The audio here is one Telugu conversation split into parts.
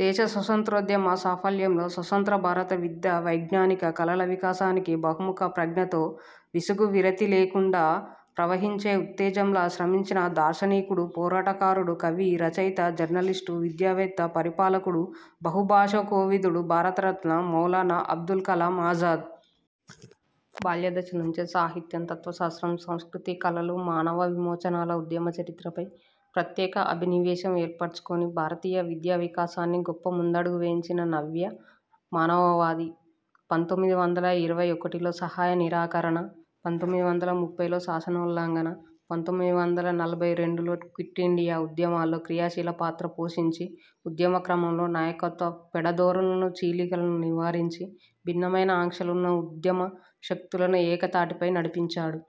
దేశ స్వాతంత్రోద్యమ సాఫల్యంలో, స్వతంత్ర భారత విద్యా, వైజ్ఞానిక, కళల వికాసానికి బహుముఖ ప్రజ్ఞతో విసుగు విరతి లేకుండా ప్రవహించే ఉత్తేజంలా శ్రమించిన దార్శనికుడు, పోరాట కారుడు, కవి, రచయిత, జర్నలిస్టు, విద్యావేత్త, పరిపాలకుడు, బహుభాషో కోవిదుడు, భారత రత్న మౌలానా అబుల్ కలామ్ ఆజాద్. బాల్య దశ నుంచే సాహిత్యం, తత్వశాస్త్రం, సంస్కృతి, కళలు, మానవ విమోచనాల ఉద్యమ చరిత్రపై ప్రత్యేక అభినివేశం ఏర్పరచుకొని భారతీయ విద్యావికాసాన్ని గొప్ప ముందడుగు వేయించిన నవ్య మానవవాది. పంతొమ్మిది వందల ఇరవై ఒకటిలో సహాయ నిరాకరణ, పంతొమ్మిది వందల ముప్పైలో శాసనోల్లంఘన, పంతొమ్మిది వందల నలభై రెండులో క్విట్ ఇండియా ఉద్యమాల్లో క్రియా శీల పాత్ర పోషించి, ఉద్యమ క్రమంలో నాయకత్వ పెఢ ధోరణులను, చీలికలను నివారించి, భిన్నమైన ఆకాంక్షలున్న ఉద్యమ శక్తులను ఏక తాటిపై నడిపించాడు.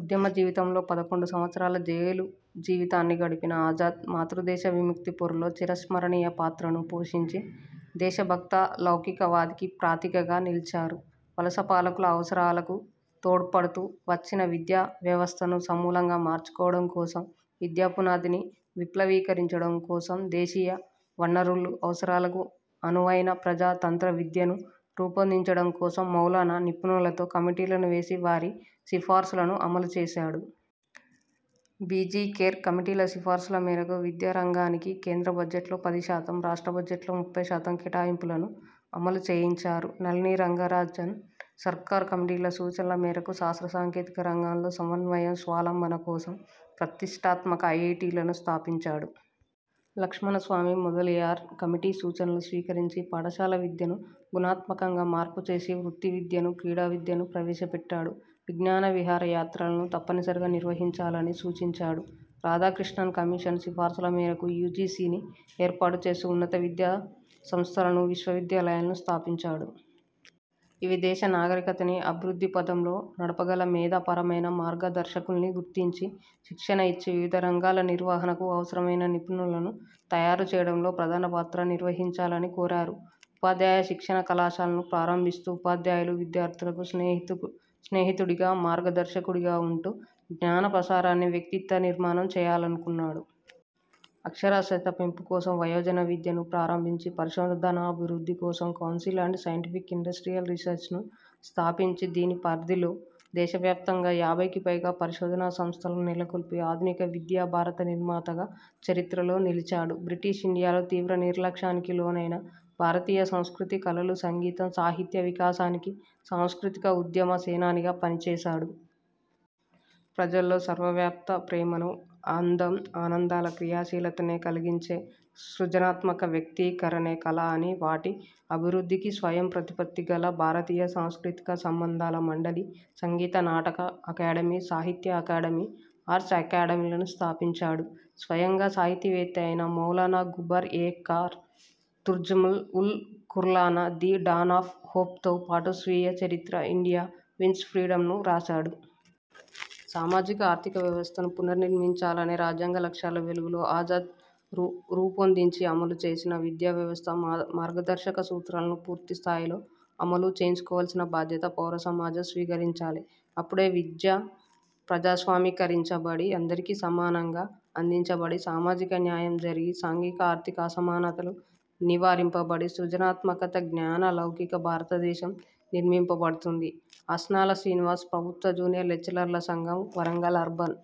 ఉద్యమ జీవితంలో పదకొండు సంవ త్సరాల జైలు జీవితాన్ని గడిపిన ఆజాద్ మాతృదేశ విముక్తి పోరులో చిర స్మరణీయ పాత్రను పోషించి, దేశభక్త లౌకక వాదానికి ప్రతీకగా నిలిచారు. వలస పాలకుల అవసరాలకు తోడ్పడుతూ వచ్చిన విద్యా వ్యవస్థను సమూలంగా మార్చడం కోసం, విద్య పునాదిని విప్లవకీకరించడం కోసం దేశీయ వనరులు, అవసరాలకు అననువైన ప్రజా తంత్ర విద్యను రూపొందించడం కోసం మౌలానా నిపుణులతో కమిటీలను వేసి వారి సిఫారసులను అమలు చేసాడు. బి. జి. ఖేర్ కమిటీ సిఫారసుల మేరకు విద్యా రంగానికి కేంద్ర బడ్జెట్లో పది శాతం, రాష్ట్ర బడ్జెట్లో ముప్పై శాతం కేటాయింపులను అమలు చేయించారు. నళిని రంజన్ సర్కార్ కమిటీ సూచనల మేరకు శాస్త్ర సాంకేతిక రంగంలో స్వయం స్వాలంబన కోసం ప్రతిష్టాత్మక ఐఐటీలను స్థాపించాడు. లక్ష్మణ స్వామి మొదలియార్ కమిటీ సూచనలు స్వీకరించి పాఠశాల విద్యను గుణాత్మకంగా మార్పు చేసి, వృత్తి విద్యను, క్రీడా విద్యను ప్రవేశ పెట్టాడు. విజ్ఞాన విహార యాత్రలను తప్పనిసరిగా నిర్వహించాలని సూచించాడు. రాధాకృష్ణన్ కమిషన్ సిఫారసుల మేరకు యూజీసీని ఏర్పాటు చేస్తూ ఉన్నత విద్యా సంస్థలను, విశ్వ విద్యాలయాలను స్థాపించాడు. ఇవి దేశ నాగరికతని అభివృద్ధి పథంలో నడప గల మేధా పరమైన మార్గ దర్శకుల్ని గుర్తించి, శిక్షణ ఇచ్చి, వివిధ రంగాల నిర్వహణకు అవసరమైన నిపుణులను తయారు చేయడంలో ప్రధాన పాత్ర నిర్వహించాలని కోరారు. ఉపాధ్యాయ శిక్షణ కళాశాలలను ప్రారంభిస్తూ ఉపాధ్యాయులు విద్యార్థులకు స్నేహితుడుగా, మార్గ దర్శకుడిగా ఉంటూ జ్ఞాన ప్రసారాన్ని, వ్యక్తిత్వ నిర్మాణం చేయాలన్నాడు. అక్షరాస్యత పెంపు కోసం వయోజన విద్యను ప్రారంభించి, పరిశోధనాభివృద్ధి కోసం కౌన్సిల్ అండ్ సైంటిఫిక్ ఇండస్ట్రీయల్ రీసెర్చ్ను స్థాపించి దీని పరిధిలో దేశవ్యాప్తంగా యాభైకి పైగా పరిశోధనా సంస్థలను నెలకొల్పి ఆధునిక విద్యా భారత నిర్మాతగా చరిత్రలో నిలిచాడు. బ్రిటిష్ ఇండియాలో తీవ్ర నిర్లక్ష్యానికి లోనైన భారతీయ సంస్కృతి, కళలు, సంగీతం, సాహిత్యాల వికాసానికి సాంస్కృతిక ఉద్యమ సేనానిగా పనిచేసారు. ప్రజల్లో సర్వవ్యాప్త ప్రేమను, అందం, ఆనందాల క్రియాశీలతనే కలిగించే సృజనాత్మక వ్యక్తీ కరణే కళ అని వాటి అభివృద్ధికి స్వయం ప్రతి పత్తి గల భారతీయ సాంస్కృతిక సంబంధాల మండలి, సంగీత నాటక అకాడమి, సాహిత్య అకాడమి, ఆర్ట్స్ అకాడమిలను స్థాపించాడు. స్వయంగా సాహితీ వేత్త ఐన మౌలానా గుబార్ ఎ ఖాఅర్, తర్జుమన్ ఉల్ ఖురాన్ల ''ది డాన్ ఆఫ్ హోప్''తో పాటు స్వీయ చరిత్ర 'ఇండియా విన్స్ ఫ్రీడమ్'ను రాసాడు. సామాజిక ఆర్ధిక వ్యవస్థను పునర్నిర్మించాలనే రాజ్యాంగ లక్ష్యాల వెలుగులో ఆజాద్ రూపాందించి అమలు చేసిన విద్యా వ్యవస్థ మార్గదర్శక సూత్రాలను పూర్తి స్థాయిలో అమలు చేయించకోవలసిన భాద్యత పౌర సమాజం స్వీకరించాలి. అప్పుడే విద్య ప్రజాస్వామికీకరించబడి అందరికీ సమానంగా అందించబడి సామాజిక న్యాయం జరిగి, సాంఘీక ఆర్థిక అసమానతలు నివారింపబడి సృజనాత్మక, జ్ఞాన, లౌకిక భారతదేశం నిర్మింపబడుతుంది. అస్నాల శ్రీనివాస్ ప్రబుత్వ జూనియర్ లెక్చరర్ల సంఘం, వరంగల్ అర్బన్